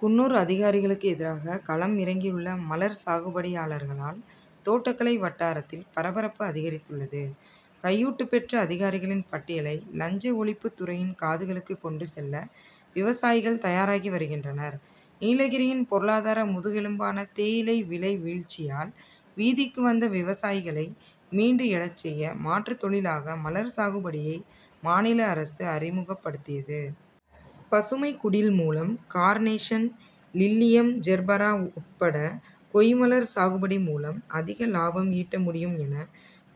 குன்னூர் அதிகாரிகளுக்கு எதிராக களம் இறங்கியுள்ள மலர் சாகுபடியாளர்களால் தோட்டக்கலை வட்டாரத்தில் பரபரப்பு அதிகரித்துள்ளது கையூட்டு பெற்ற அதிகாரிகளின் பட்டியலை லஞ்ச ஒழிப்பு துறையின் காதுகளுக்கு கொண்டு செல்ல விவசாயிகள் தயாராகி வருகின்றனர். நீலகிரியின் பொருளாதார முதுகெலும்பான தேயிலை விலை வீழ்ச்சியால், வீதிக்கு வந்த விவசாயிகளை மீண்டு எழச் செய்ய, மாற்று தொழிலாக மலர் சாகுபடியை மாநில அரசு அறிமுகப்படுத்தியது. பசுமைக் குடில் மூலம் கார்னேஷன், லில்லியம், ஜெர்பரா உட்பட கொய்மலர் சாகுபடி மூலம் அதிக லாபம் ஈட்ட முடியும் என,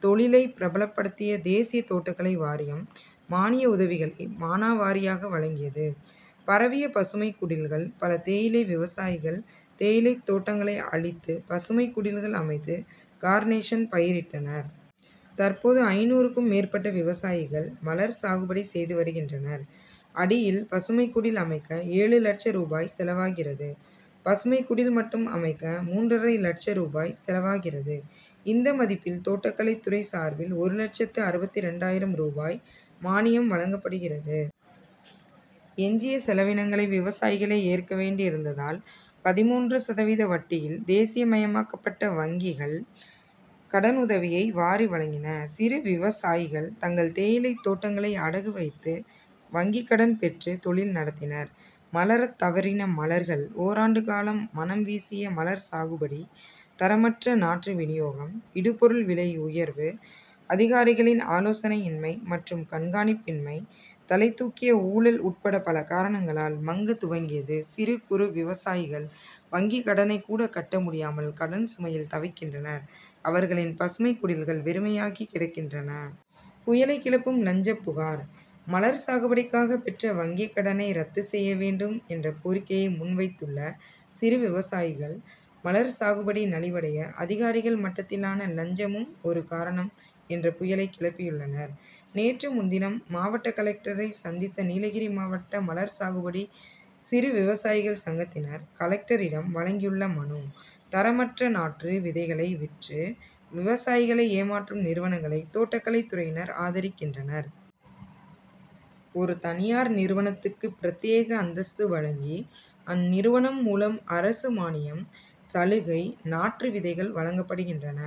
தொழிலை பிரபலப்படுத்திய தேசிய தோட்டக்கலை வாரியம், மானிய உதவிகளை மானாவாரியாக வழங்கியது. பரவிய பசுமைக் குடில்கள் பல தேயிலை விவசாயிகள், தேயிலைத் தோட்டங்களை அழித்து பசுமைக் குடில்கள் அமைத்து, கார்னேஷன் பயிரிட்டனர். தற்போது, ஐந்நூறுக்கும் மேற்பட்ட விவசாயிகள் மலர் சாகுபடி செய்து வருகின்றனர். அடியில் பசுமைக் குடில் அமைக்க ஏழு லட்ச ரூபாய் செலவாகிறது. பசுமைக் குடில் மட்டும் அமைக்க மூன்றரை லட்ச ரூபாய் செலவாகிறது இந்த மதிப்பில், தோட்டக்கலைத் துறை சார்பில் ஒரு லட்சத்து அறுபத்திரண்டாயிரம் ரூபாய் மானியம் வழங்கப்படுகிறது. எஞ்சிய செலவினங்களை விவசாயிகளே ஏற்க வேண்டியிருந்ததால், பதிமூன்று சதவீத வட்டியில், தேசிய மயமாக்கப்பட்ட வங்கிகள் கடனுதவியை வாரி வழங்கின. சிறு விவசாயிகள், தங்கள் தேயிலைத் தோட்டங்களை அடகு வைத்து வங்கிக் கடன் பெற்று தொழில் நடத்தினர். மலரத் தவறின மலர்கள் ஓராண்டு காலம் மணம் வீசிய மலர் சாகுபடி, தரமற்ற நாற்று வினியோகம், இடுபொருள் விலையுயர்வு, அதிகாரிகளின் ஆலோசனை இன்மை மற்றும் கண்காணிப்பின்மை, தலை தூக்கிய ஊழல் உட்பட பல காரணங்களால் மங்க துவங்கியது சிறு, குறு விவசாயிகள் வங்கி கடனை கூட கட்ட முடியாமல், கடன் சுமையில் தவிக்கின்றனர் அவர்களின் பசுமைக் குடில்கள் வெறுமையாகி கிடக்கின்றன. புயலை கிளப்பும் லஞ்சப் புகார் மலர் சாகுபடிக்காக பெற்ற வங்கி கடனை ரத்து செய்ய வேண்டும் என்ற கோரிக்கையை முன்வைத்துள்ள சிறு விவசாயிகள், மலர் சாகுபடி நலிவடைய அதிகாரிகள் மட்டத்திலான லஞ்சமும் ஒரு காரணம் என்ற புயலை கிளப்பியுள்ளனர். நேற்று முன்தினம் மாவட்ட கலெக்டரை சந்தித்த நீலகிரி மாவட்ட மலர் சாகுபடி சிறு விவசாயிகள் சங்கத்தினர் கலெக்டரிடம் வழங்கியுள்ள மனு; தரமற்ற நாற்று, விதைகளை விற்று, விவசாயிகளை ஏமாற்றும் நிறுவனங்களை தோட்டக்கலை துறையினர் ஆதரிக்கின்றனர். ஒரு தனியார் நிறுவனத்துக்கு பிரத்யேக அந்தஸ்து வழங்கி, அந்நிறுவனம் மூலம் அரசு மானியம், சலுகை, நாற்று, விதைகள் வழங்கப்படுகின்றன.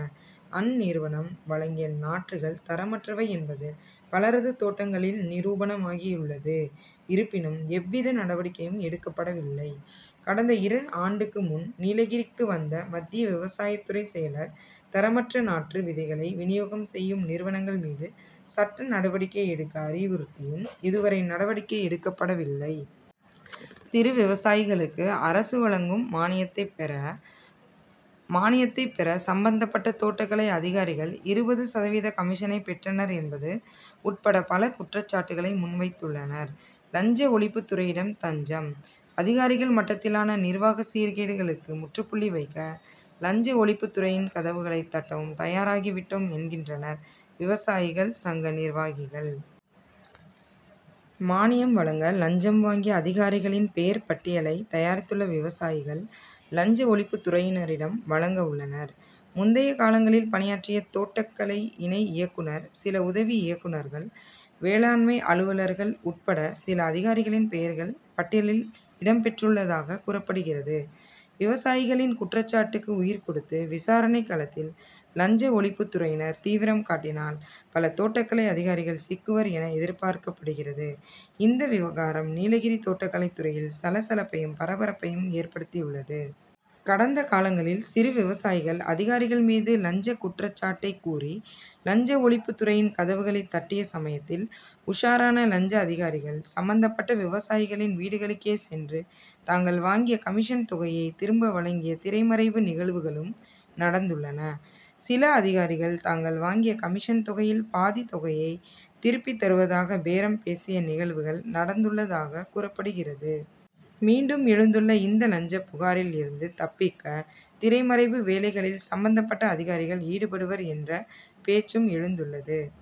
அந்நிறுவனம் வழங்கிய நாற்றுகள் தரமற்றவை என்பது பலரது தோட்டங்களில் நிரூபணமாகியுள்ளது இருப்பினும், எவ்வித நடவடிக்கையும் எடுக்கப்படவில்லை. கடந்த இரு ஆண்டுக்கு முன் நீலகிரிக்கு வந்த மத்திய விவசாயத் துறை செயலர், தரமற்ற நாற்று, விதைகளை வினியோகம் செய்யும் நிறுவனங்கள் மீது சட்ட நடவடிக்கை எடுக்க அறிவுறுத்தியும், இதுவரை நடவடிக்கை எடுக்கப்படவில்லை. சிறு விவசாயிகளுக்கு அரசு வழங்கும் மானியத்தை பெற, மானியத்தை பெற சம்மந்தப்பட்ட தோட்டக்கலை அதிகாரிகள் இருபது சதவீத கமிஷனை பெற்றனர் என்பது உட்பட பல குற்றச்சாட்டுகளை முன்வைத்துள்ளனர். லஞ்ச ஒழிப்பு துறையிடம் தஞ்சம்: அதிகாரிகள் மட்டத்திலான நிர்வாக சீர்கேடுகளுக்கு முற்றுப்புள்ளி வைக்க லஞ்ச ஒழிப்புத் துறையின் கதவுகளை தட்டவும் தயாராகிவிட்டோம், என்கின்றனர் விவசாயிகள் சங்க நிர்வாகிகள். மானியம் வழங்க லஞ்சம் வாங்கிய அதிகாரிகளின் பெயர் பட்டியலை தயாரித்துள்ள விவசாயிகள், லஞ்ச ஒழிப்புத் துறையினரிடம் வழங்கவுள்ளனர். முந்தைய காலங்களில் பணியாற்றிய தோட்டகலை இணை இயக்குனர், சில உதவி இயக்குனர்கள், வேளாண்மை அலுவலர்கள் உட்பட சில அதிகாரிகளின் பெயர்கள் பட்டியலில் இடம் பெற்றுள்ளதாக கூறப்படுகிறது. விவசாயிகளின் குற்றச்சாட்டுக்கு உயிர் கொடுத்து, விசாரணை களத்தில் லஞ்ச ஒழிப்புத் துறையினர் தீவிரம் காட்டினால், பல தோட்டக் கலை அதிகாரிகள் சிக்குவர் என எதிர்பார்க்கப்படுகிறது இந்த விவகாரம் நீலகிரி தோட்டக்கலை துறையில் சலசலப்பையும், பரபரப்பையும் ஏற்படுத்தியுள்ளது. கடந்த காலங்களில், சிறு விவசாயிகள், அதிகாரிகள் மீது லஞ்ச குற்றச்சாட்டை கூறி, லஞ்ச ஒழிப்பு துறையின் கதவுகளை தட்டிய சமயத்தில், உஷாரான லஞ்ச அதிகாரிகள், சம்மந்தப்பட்ட விவசாயிகளின் வீடுகளுக்கே சென்று, தாங்கள் வாங்கிய கமிஷன் தொகையை திரும்ப வழங்கிய திரைமறைவு நிகழ்வுகளும் நடந்துள்ளன. சில அதிகாரிகள் தாங்கள் வாங்கிய கமிஷன் தொகையில் பாதி தொகையை திருப்பி தருவதாக பேரம் பேசிய நிகழ்வுகள் நடந்துள்ளதாக கூறப்படுகிறது. மீண்டும் எழுந்துள்ள இந்த லஞ்சப் புகாரில் இருந்து தப்பிக்க திரைமறைவு வேலைகளில் சம்மந்தப்பட்ட அதிகாரிகள் ஈடுபடுவர் என்ற பேச்சும் எழுந்துள்ளது.